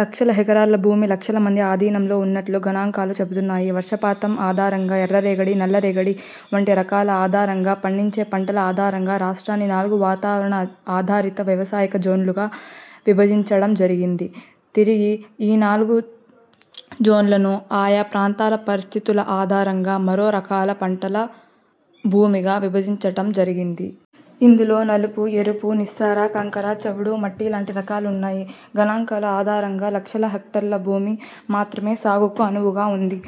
లక్షల హెక్లార్ల భూమి లక్షల మంది ఆధీనంలో ఉన్నట్లు గణాంకాలు చెబుతున్నాయి. వర్షపాతం ఆధారంగా, ఎర్రరేగడి, నల్లరేగడి వంటి రకాల ఆధారంగా, పండించే పంటల ఆధారంగా, రాష్ట్రాన్ని నాలుగు వాతావరణ ఆధారిత వ్యవసాయిక జోన్లుగా విభజించడం జరిగింది. తిరిగి, ఈ నాలుగు జోన్లను ఆయా ప్రాంతాల పరిస్థితుల ఆధారంగా మరో రకాల పంట భూమిగా విభజించటం జరిగింది. ఇందులో నలుపు, ఎరుపు, నిస్సార, కంకర చవుడు మట్టి లాంటి రకాలున్నాయి. గణాంకాల ఆధారంగా లక్షల హెక్టార్ల భూమి మాత్రమే సాగుకు అనువుగా వుంది.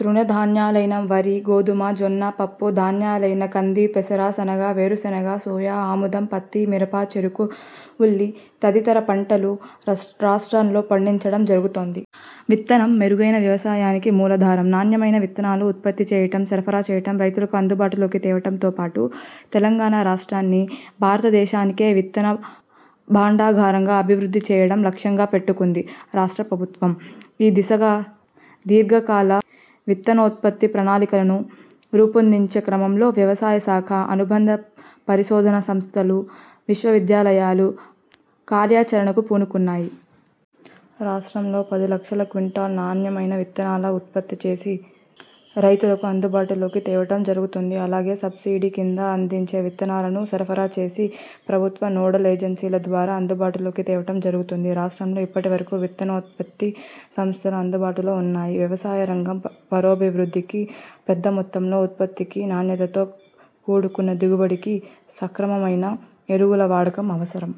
తృణధాన్యాలైన వరి, గోధుమ, జొన్న, పప్పు ధాన్యాలైన కంది, పెసర, శనగ, వేరుశనగ, సోయ, ఆముదం, పత్తి, మిరప, చెరకు, ఉల్లి తదితర పంటలు రాష్ట్రంలో పండించటం జరుగుతోంది. 'విత్తనం' మెరుగైన వ్యవసాయానికి మూలాధారం. నాణ్యమైన విత్తనాలు ఉత్పత్తి చేయటం, సరఫరా చేయటం, రైతుకు అందుబాటులోకి తేవటంతో పాటుగా తెలంగాణ రాష్ట్రాన్ని ''భారతదేశానికే విత్తన భాండాగారంగా'' అభివృద్ధి చేయడం లక్ష్యంగా పెట్టుకుంది రాష్ట్ర ప్రభుత్వం. ఈ దిశగా దీర్ఘకాల విత్తనోత్పత్తి ప్రణాళికలను రూపొందించే క్రమంలో వ్యవసాయ శాఖ, అనుబంధ పరిశోధనా సంస్థలు, విశ్వవిద్యాలయాలు కార్యాచరణకు పూనుకున్నాయి. రాష్ట్రంలో పది లక్షల క్వింటాళ్ళ నాణ్యమైన విత్తనాలను ఉత్పత్తి చేసి రైతులకు అందుబాటులోకి తేవటం జరుగుతుంది. అలాగే సబ్సీడీ కింద అందించే విత్తనాలను సరఫరా చేసే ప్రభుత్వ నోడల్ ఏజెన్సీల ద్వారా అందుబాటులోకి తేవటం జరుగుతుంది. రాష్ట్రంలో ఇప్పటివరకు విత్తనోత్పత్తి సంస్థలు అందుబాటులో ఉన్నాయి. వ్యవసాయరంగం పురోభివృద్ధికి, పెద్దమొత్తంలో ఉత్పత్తికి, నాణ్యతతో కూడుకున్న దిగుబడికి సక్రమమైన ఎరువుల వాడకం అవసరం.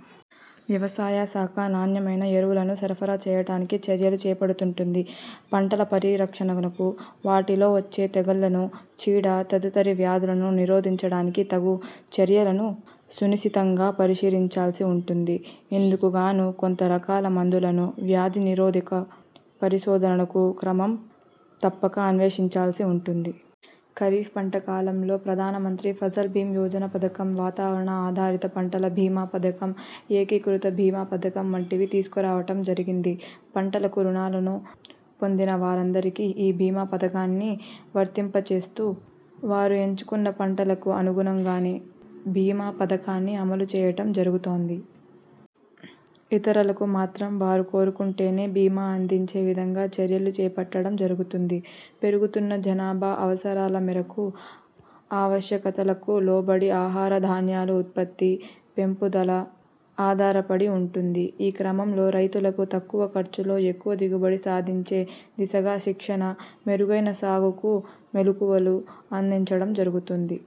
వ్యవసాయ శాఖ నాణ్యమైన ఎరువులను సరఫరా చేయటానికి చర్యలు చేపడుతుంటుంది. పంటల పరిరక్షణకు, వాటిలో వచ్చే తెగుళ్లను, చీడ తదితర వ్యాధులను నిరోధించడానికి తగు చర్యలను సునిశితంగా పరిశీలించాల్సి ఉంటుంది. ఇందుకుగాను కొత్త రకాల మందులను, వ్యాధి నిరోధక పరిశోధనలను క్రమం తప్పక అన్వేషించాల్సి ఉంటుంది. ఖరీఫ్ పంట కాలంలో ప్రధానమంత్రి ఫసల్ భీమా యోజన పథకం, వాతావరణ ఆధారిత పంటల భీమా పథకం, ఏకీకృత భీమా పథకం వంటివి తీసుకురావటం జరిగింది. పంటలకు రుణాలను పొందిన వారందరికీ ఈ భీమా పథకాన్ని వర్తింపచేస్తూ వారు ఎంచుకున్న పంటలకు అనుగుణంగానే భీమా పథకాన్ని అమలు చేయటం జరుగుతోంది. ఇతరులకు మాత్రం వారు కోరుకుంటేనే భీమా అందించే విధంగా చర్యలు చేపట్టడం జరుగుతుంది. పెరుగుతున్న జనాభా అవసరాల మేరకు, ఆవశ్యకతలకు లోబడి ఆహార ధాన్యాల ఉత్పత్తి, పెంపుదల ఆధారపడి ఉంటుంది. ఈ క్రమంలో రైతులకు తక్కువ ఖర్చులో ఎక్కువ దిగుబడి సాధించే దిశగా శిక్షణ, మెరుగైన సాగుకు మెళుకువలు అందించడం జరుగుతుంది.